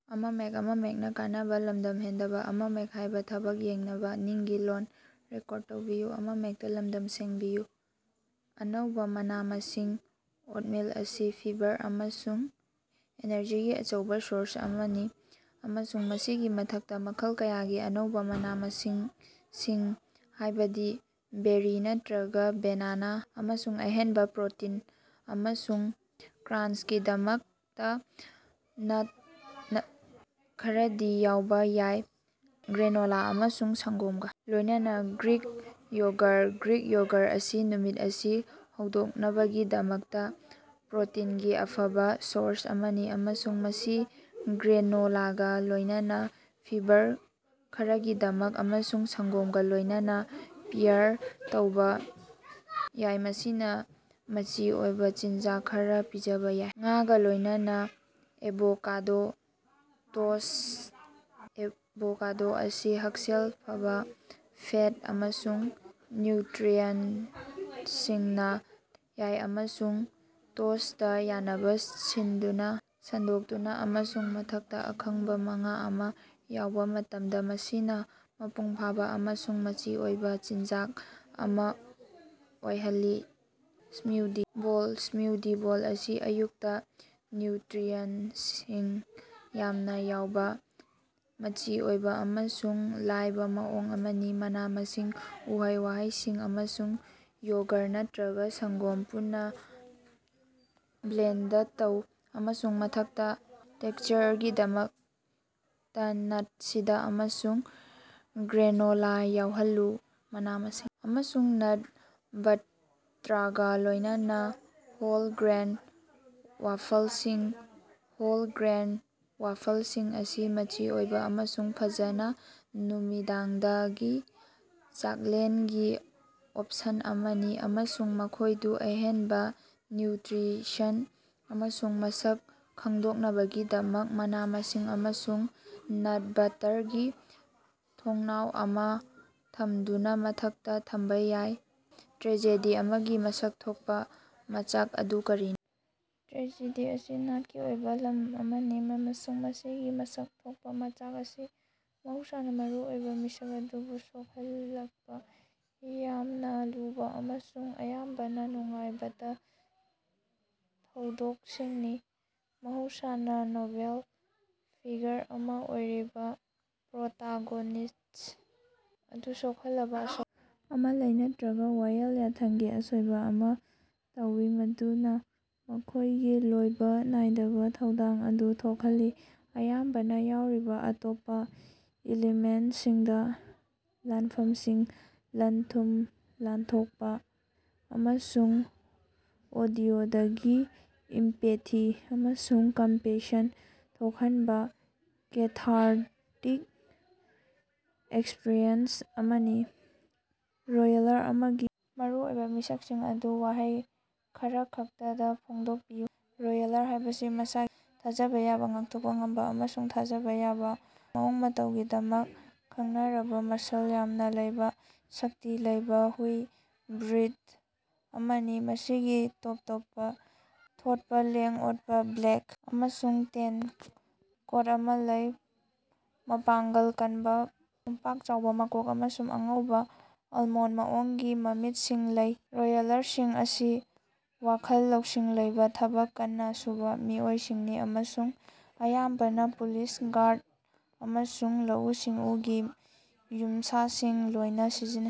ꯑꯅꯧꯕ ꯃꯅꯥ-ꯃꯁꯤꯡ -ꯑꯣꯠꯃꯤꯜ ꯑꯁꯤ ꯐꯤꯕꯔ ꯑꯃꯁꯨꯡ ꯑꯦꯅꯔꯖꯤꯒꯤ ꯑꯆꯧꯕ ꯁꯣꯔꯁ ꯑꯃꯅꯤ, ꯑꯃꯁꯨꯡ ꯃꯁꯤꯒꯤ ꯃꯊꯛꯇ ꯃꯈꯜ ꯀꯌꯥꯒꯤ ꯑꯅꯧꯕ ꯃꯅꯥ-ꯃꯁꯤꯡꯁꯤꯡ ꯍꯥꯏꯕꯗꯤ ꯕꯦꯔꯤ ꯅꯠꯇꯔꯒ ꯕꯦꯅꯥꯅꯥ, ꯑꯃꯁꯨꯡ ꯑꯍꯦꯟꯕ ꯄ꯭ꯔꯣꯇꯤꯟ ꯑꯃꯁꯨꯡ ꯀ꯭ꯔꯥꯟꯆꯀꯤꯗꯃꯛꯇ ꯅꯠ ꯈꯔꯗꯤ ꯌꯥꯎꯕ ꯌꯥꯏ꯫ ꯒ꯭ꯔꯦꯅꯣꯂꯥ ꯑꯃꯁꯨꯡ ꯁꯪꯒꯣꯝꯒ ꯂꯣꯏꯅꯅꯥ ꯒ꯭ꯔꯤꯛ ꯌꯣꯒꯔ - ꯒ꯭ꯔꯤꯛ ꯌꯣꯒꯔ ꯑꯁꯤ ꯅꯨꯃꯤꯠ ꯑꯁꯤ ꯍꯧꯗꯣꯛꯅꯕꯒꯤꯗꯃꯛꯇ ꯄ꯭ꯔꯣꯇꯤꯟꯒꯤ ꯑꯐꯕꯥ ꯁꯣꯔꯁ ꯑꯃꯅꯤ, ꯑꯃꯁꯨꯡ ꯃꯁꯤ ꯒ꯭ꯔꯦꯅꯣꯂꯥꯒ‌ ꯂꯣꯏꯅꯅꯥ ꯐꯤꯕꯔ ꯈꯔꯒꯤꯗꯃꯛ ꯑꯃꯁꯨꯡ ꯁꯪꯒꯣꯝꯒꯥ ꯂꯣꯏꯅꯅꯥ ꯄꯤꯌꯔ ꯇꯧꯕ ꯌꯥꯏ, ꯃꯁꯤꯅ ꯃꯆꯤ ꯑꯣꯏꯕ ꯆꯤꯟꯖꯥꯛ ꯈꯔꯥ ꯄꯤꯖꯕꯥ ꯌꯥꯏ꯫ ꯉꯥꯒꯥ ꯂꯣꯏꯅꯅꯥ ꯑꯦꯚꯣꯀꯥꯗꯣ ꯇꯣꯁ꯭ꯠ -ꯑꯦꯚꯣꯀꯥꯗꯣ ꯑꯁꯤ ꯍꯛꯁꯦꯜ ꯐꯕꯥ ꯐꯦꯠ ꯑꯃꯁꯨꯡ ꯅ꯭ꯌꯨꯇꯔꯤꯑꯦꯟꯇꯁꯤꯡꯅ ꯊꯜꯂꯕꯥ ꯌꯥꯏ, ꯑꯃꯁꯨꯡ ꯇꯣꯁ꯭ꯇꯇꯥ ꯌꯥꯟꯁꯤꯟꯅꯗꯨꯅꯥ ꯁꯟꯗꯣꯛꯇꯨꯅꯥ ꯑꯃꯁꯨꯡ ꯃꯊꯛꯇꯥ ꯑꯀꯪꯕ ꯉꯥ ꯑꯃ ꯌꯥꯎꯕ ꯃꯇꯝꯗꯥ, ꯃꯁꯤꯅ ꯃꯄꯨꯡꯐꯥꯕꯥ ꯑꯃꯁꯨꯡ ꯃꯆꯤ ꯑꯣꯏꯕ ꯆꯤꯟꯖꯥꯛ ꯑꯃ ꯑꯣꯏꯍꯜꯂꯤ꯫ ꯁ꯭ꯃꯨꯗꯤ ꯕꯣꯜ - ꯁ꯭ꯃꯨꯗꯤ ꯕꯣꯜ ꯑꯁꯤ ꯑꯌꯨꯛꯇ ꯅ꯭ꯌꯨꯇꯔꯤꯑꯦꯟꯇꯁꯤꯡ ꯌꯥꯝꯅ ꯌꯥꯎꯕ ꯃꯆꯤ ꯑꯣꯏꯕ ꯑꯃꯁꯨꯡ ꯂꯥꯏꯕ ꯃꯑꯣꯡ ꯑꯃꯅꯤ꯫ ꯃꯅꯥ-ꯃꯁꯤꯡ, ꯎꯍꯩ-ꯋꯥꯍꯩꯁꯤꯡ, ꯑꯃꯁꯨꯡ ꯌꯣꯒꯔ ꯅꯠꯇꯔꯒ ꯁꯪꯒꯣꯝ ꯄꯨꯟꯅ ꯕ꯭ꯂꯦꯟꯗ ꯇꯧ, ꯑꯃꯁꯨꯡ ꯃꯊꯛꯇ ꯇꯦꯛꯁꯆꯔꯒꯤꯗꯃꯛꯇ ꯅꯠ, ꯁꯤꯗ ꯑꯃꯁꯨꯡ ꯒ꯭ꯔꯦꯅꯣꯂꯥ ꯌꯥꯎꯍꯜꯂꯨ꯫ ꯃꯅꯥ-ꯃꯁꯤꯡ ꯑꯃꯁꯨꯡ ꯅꯠ ꯕꯠꯇꯔꯒꯥ ꯂꯣꯏꯅꯅꯥ ꯍꯣꯜ ꯒ꯭ꯔꯦꯟ ꯋꯥꯐꯜꯁꯤꯡ - ꯍꯣꯜ ꯒ꯭ꯔꯦꯟ ꯋꯥꯐꯜꯁꯤꯡ ꯑꯁꯤ ꯃꯆꯤ ꯑꯣꯏꯕ ꯑꯃꯁꯨꯡ ꯐꯖꯅ ꯅꯨꯃꯤꯗꯥꯡꯒꯤ ꯆꯥꯛꯂꯦꯟꯒꯤ ꯑꯣꯞꯁꯟ ꯑꯃꯅꯤ, ꯑꯃꯁꯨꯡ ꯃꯈꯣꯏꯗꯨ ꯑꯍꯦꯟꯕ ꯅ꯭ꯌꯨꯇ꯭ꯔꯤꯁꯟ ꯑꯃꯁꯨꯡ ꯃꯁꯛ ꯈꯪꯗꯣꯛꯅꯕꯒꯤꯗꯃꯛ ꯃꯅꯥ-ꯃꯁꯤꯡ ꯑꯃꯁꯨꯡ ꯅꯠ ꯕꯠꯇꯔꯒꯤ ꯊꯣꯡꯅꯥꯎ ꯑꯃ ꯊꯝꯗꯨꯅ ꯃꯊꯛꯇ ꯊꯝꯕꯥ ꯌꯥꯏ꯫ ꯇ꯭ꯔꯦꯖꯦꯗꯤ ꯑꯃꯒꯤ ꯃꯁꯛ ꯊꯣꯛꯄ ꯃꯆꯥꯛ ꯑꯗꯨ ꯀꯔꯤꯅꯣ? ꯇ꯭ꯔꯦꯖꯦꯗꯤ ꯑꯁꯤ ꯅꯥꯠꯀꯤ ꯑꯣꯏꯕ ꯂꯝ ꯑꯃꯅꯤ ꯑꯃꯁꯨꯡ ꯃꯁꯤꯒꯤ ꯃꯁꯛ ꯊꯣꯛꯄ ꯃꯆꯥꯛ ꯑꯁꯤ ꯃꯍꯧꯁꯥꯅꯥ ꯃꯔꯨ ꯑꯣꯏꯕ ꯃꯤꯁꯛ ꯑꯗꯨꯕꯨ ꯁꯣꯛꯍꯜꯂꯛꯄ ꯌꯥꯝꯅꯥ ꯂꯨꯕ ꯑꯃꯁꯨꯡ ꯑꯌꯥꯝꯕꯅꯥ ꯅꯨꯡꯉꯥꯏꯇꯕꯥ ꯊꯧꯗꯣꯛꯁꯤꯡꯅꯤ꯫ ꯃꯍꯧꯁꯥꯅꯥ ꯅꯣꯕꯦꯜ ꯐꯤꯒꯔ ꯑꯃ ꯑꯣꯏꯔꯤꯕ ꯄ꯭ꯔꯣꯇꯥꯒꯣꯅꯤꯁ ꯑꯗꯨꯅ ꯁꯣꯛꯍꯜꯂꯕꯥ ꯑꯁꯣꯛꯄ ꯑꯃ ꯂꯩ ꯅꯠꯇꯔꯒ ꯋꯥꯌꯦꯜ ꯌꯥꯊꯪꯒꯤ ꯑꯁꯣꯏꯕ ꯑꯃ ꯇꯧꯏ ꯃꯗꯨꯅ ꯃꯈꯣꯏꯒꯤ ꯂꯣꯏꯕꯥ ꯅꯥꯏꯗꯕꯥ ꯊꯧꯗꯣꯛ ꯑꯗꯨ ꯊꯣꯛꯍꯜꯂꯤ꯫ ꯑꯌꯥꯝꯕꯅꯥ ꯌꯥꯎꯔꯤꯕ ꯑꯇꯣꯞꯄ ꯏꯂꯤꯃꯦꯟꯇꯁꯤꯡꯗꯤ ꯂꯥꯟꯐꯝꯁꯤꯡ, ꯂꯟ-ꯊꯨꯝ ꯂꯥꯟꯊꯣꯠꯄꯥ, ꯑꯃꯁꯨꯡ ꯑꯣꯗꯤꯑꯣꯗꯒꯤ ꯏꯝꯄꯦꯊꯤ ꯑꯃꯁꯨꯡ ꯀꯝꯄꯦꯁꯟ ꯊꯣꯛꯍꯟꯕ ꯀꯦꯊꯥꯔꯇꯤꯛ ꯑꯦꯛꯁꯄꯔꯤꯑꯦꯟꯁ ꯑꯃꯅꯤ꯫ ꯔꯣꯠꯋꯦꯂꯔ ꯑꯃꯒꯤ ꯃꯔꯨꯑꯣꯏꯕ ꯃꯤꯁꯛꯁꯤꯡ ꯑꯗꯨ ꯋꯥꯍꯩ ꯈꯔꯈꯛꯇꯗꯥ ꯐꯣꯡꯗꯣꯛꯄꯤꯌꯨ꯫ ꯔꯣꯇꯋꯦꯂꯔ ꯍꯥꯏꯕꯁꯤ ꯃꯁꯥꯒꯤ ꯊꯥꯖꯕꯥ ꯌꯥꯕ, ꯉꯥꯛꯊꯣꯛꯄ ꯉꯝꯕ ꯑꯃꯁꯨꯡ ꯊꯥꯖꯕꯥ ꯌꯥꯕ ꯃꯑꯣꯡ ꯃꯇꯧꯒꯤꯗꯃꯛ ꯈꯪꯅꯔꯕꯥ ꯃꯁꯜ ꯌꯥꯝꯅ ꯂꯩꯕ, ꯁꯛꯇꯤ ꯂꯩꯕ ꯍꯨꯏ ꯕ꯭ꯔꯤꯗ ꯑꯃꯅꯤ꯫ ꯃꯁꯤꯒꯤ ꯇꯣꯞ ꯇꯣꯞꯄ ꯊꯣꯠꯄ, ꯂꯦꯡ-ꯑꯣꯠꯄ, ꯕ꯭ꯂꯦꯛ ꯑꯃꯁꯨꯡ ꯇꯦꯟ ꯀꯣꯠ ꯑꯃ ꯂꯩ, ꯃꯄꯥꯡꯒꯜ ꯀꯟꯕꯥ, ꯄꯥꯛ-ꯆꯥꯎꯕ ꯃꯀꯣꯛ ꯑꯃꯁꯨꯡ ꯑꯉꯧꯕ, ꯑꯜꯃꯣꯟꯗ ꯃꯑꯣꯡꯒꯤ ꯃꯃꯤꯠꯁꯤꯡ ꯂꯩ꯫ ꯔꯣꯠꯋꯦꯂꯔꯁꯤꯡ ꯑꯁꯤ ꯋꯥꯈꯜ ꯂꯧꯁꯤꯡ ꯂꯩꯕ, ꯊꯕꯛ ꯀꯟꯅ ꯁꯨꯕ ꯃꯤꯑꯣꯏꯁꯤꯡꯅꯤ ꯑꯃꯁꯨꯡ ꯑꯌꯥꯝꯕꯅꯥ ꯄꯨꯂꯤꯁ, ꯒꯥꯔꯗ ꯑꯃꯁꯨꯡ ꯂꯧꯎ-ꯁꯤꯡꯎꯒꯤ ꯌꯨꯝꯁꯥꯁꯤꯡ ꯑꯣꯏꯅ ꯁꯤꯖꯤꯟꯅꯩ꯫